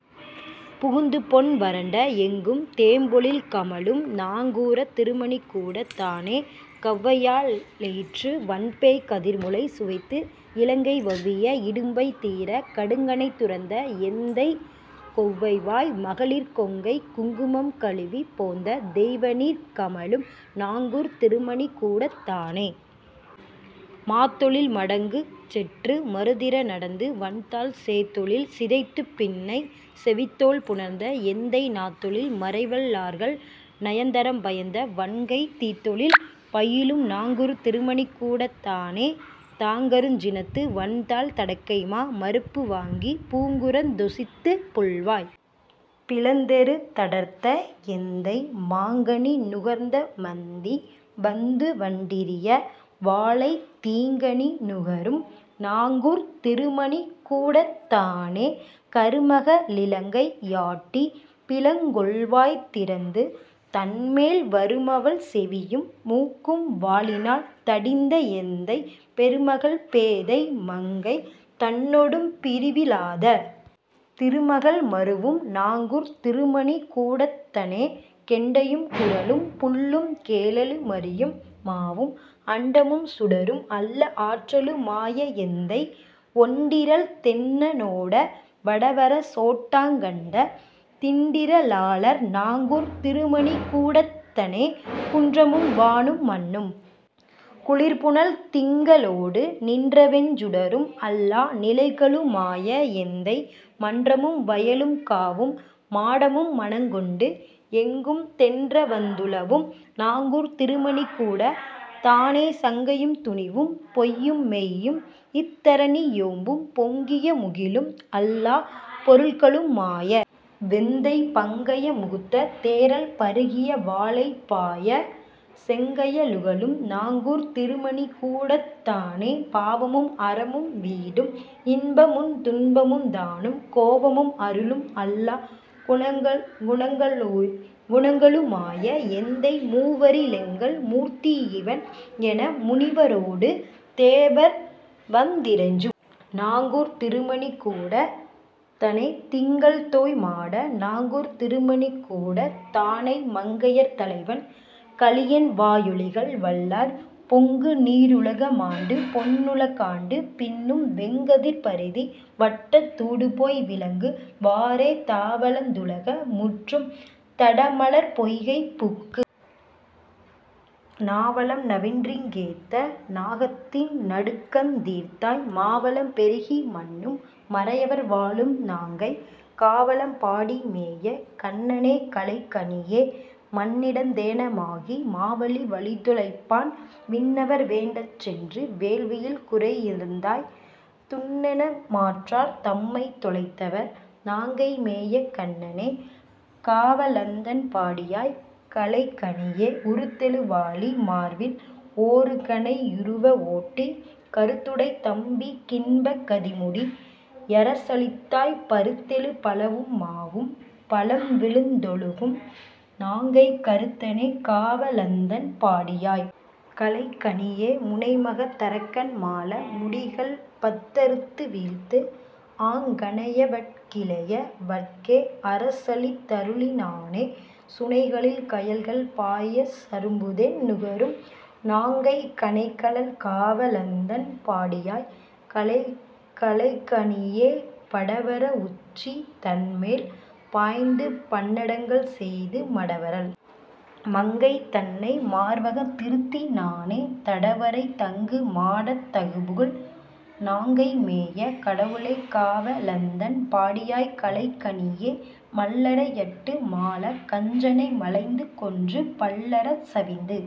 புகுந்துபொன் வரண்ட, எங்கும் தேம்பொழில் கமழும் நாங்கூர்த் திருமணிக் கூடத் தானே கவ்வையாழ் ளெயிற்று வன்பேய்க் கதிர்முலை சுவைத்து, இ லங்கை வவ்விய இடும்பை தீரக் கடுங்கணை துரந்த எந்தை, கொவ்வைவாய் மகளிர் கொங்கைக் குங்குமம் கழுவிப் போந்த, தெய்வநீர் கமழும் நாங்கூர்த் திருமணிக் கூடத் தானே மாத்தொழில் மடங்கக் செற்று மறுதிற நடந்து வன்தாள் சேத்தொழில் சிதைத்துப் பின்னை செவ்வித்தோள் புணர்ந்த எந்தை, நாத்தொழில் மறைவல் லார்கள் நயந்தறம் பயந்த வண்கைத் தீத்தொழில் பயிலும் நாங்கூர்த் திருமணிக் கூடத் தானே தாங்கருஞ் சினத்து வன்தாள் தடக்கைமா மருப்பு வாங்கி, பூங்குருந் தொசித்துப் புள்வாய் பிளந்தெரு தடர்த்த எந்தை, மாங்கனி நுகர்ந்த மந்தி வந்துவண் டிரிய வாழைத் தீங்கனி நுகரும் நாங்கூர்த் திருமணிக் கூடத் தானே கருமக ளிலங்கை யாட்டி பிலங்கொள்வாய் திறந்து தன்மேல் வருமவள் செவியும் மூக்கும் வாளினால் தடிந்த எந்தை, பெருமகள் பேதை மங்கை தன்னொடும் பிரிவி லாத, திருமகள் மருவும் நாங்கூர்த் திருமணிக் கூடத் தனே கெண்டையும் குறளும் புள்ளும் கேழலு மரியும் மாவும், அண்டமும் சுடரும் அல்ல ஆற்றலு மாய எந்தை, ஓண்டிறல் தென்ன னோட வடவர சோட்டங் கண்ட, திண்டிற லாளர் நாங்கூர்த் திருமணிக் கூடத் தனே குன்றமும் வானும் மண்ணும் குளிர்புனல் திங்க ளோடு, நின்றவெஞ் சுடரும் அல்லா நிலைகளு மாய எந்தை, மன்றமும் வயலும் காவும் மாடமும் மணங்கொண்டு, எங்கும் தென்றலவந் துலவும் நாங்கூர்த் திருமணிக் கூடத் தானே சங்கையும் துணிவும் பொய்யும் மெய்யும் இத் தரணி யோம்பும், பொங்கிய முகிலும் அல்லாப் பொருள்களு மாய வெந்தை, பங்கய முகுத்த தேறல் பருகிய வாளை பாய, செங்கய லுகளும் நாங்கூர்த் திருமணிக் கூடத் தானே பாவமும் அறமும் வீடும் இன்பமுந் துன்பந் தானும் கோவமும் அருளும் அல்லாக் குணங்களு மாய எந்தை, மூவரி லெங்கள் மூர்த்தி இவன், என முனிவரோடு, தேவர்வந் திறைஞ்சும் நாங்கூர்த் திருமணிக் கூடத் தனே திங்கள்தோய் மாட நாங்கூர்த் திருமணிக் கூடத் தானை மங்கையர் தலைவன் கலியன்வா யொலிகள் வல்லார், பொங்குநீ ருலக மாண்டு பொன்னுல காண்டு, பின்னும் வெங்கதிர்ப் பரிதி வட்டத் தூடுபோய் விளங்கு வாரே தாவளந் துலக முற்றும் தடமலர்ப் பொய்கை புக்கு, நாவளம் நவின்றிங் கேத்த நாகத்தின் நடுக்கந்தீர்த்தாய், மாவளம் பெருகி மன்னும் மறையவர் வாழும் நாங்கைக், காவளம் பாடி மேய கண்ணனே களைகணீயே மண்ணிடந் தேன மாகி மாவலி வலிதொ லைப்பான், விண்ணவர் வேண்டச் சென்று வேள்வியில் குறையி ரந்தாய் துண்ணென மாற்றார் தம்மைத் தொலைத்தவர் நாங்கை மேய, கண்ணனே காவ ளந்தண் பாடியாய் களைக ணீயே உருத்தெழு வாலி மார்வில் ஓருகணை யுருவ வோட்டி, கருத்துடைத் தம்பிக் கின்பக் கதிமுடி யரசளித்தாய், பருத்தெழு பலவும் மாவும் பழம்விழுந் தொழுகும் நாங்கைக் கருத்தனே காவ ளந்தண் பாடியாய். களைக ணீயே முனைமகத் தரக்கன் மாள முடிகள்பத் தறுத்து வீழ்த்து, ஆங் கனையவற் கிளைய வற்கே அரசளித் தருளி னானே, சுனைகளில் கயல்கள் பாயச் சரும்புதேன் நுகரும் நாங்கைக், கனைகழல் காவ ளந்தண் பாடியாய். களைக ணீயே படவர வுச்சி தன்மேல் பாய்ந்துபன்னடங்கள் செய்து, மடவரல் மங்கை தன்னை மார்வகத் திருத்தி னானே, தடவரை தங்கு மாடத் தகுபுகழ் நாங்கை மேய, கடவுளே காவ ளந்தண் பாடியாய் களைக ணீயே மல்லரை யட்டு மாளக் கஞ்சனை மலைந்து கொன்று, பல்லர சவிந்து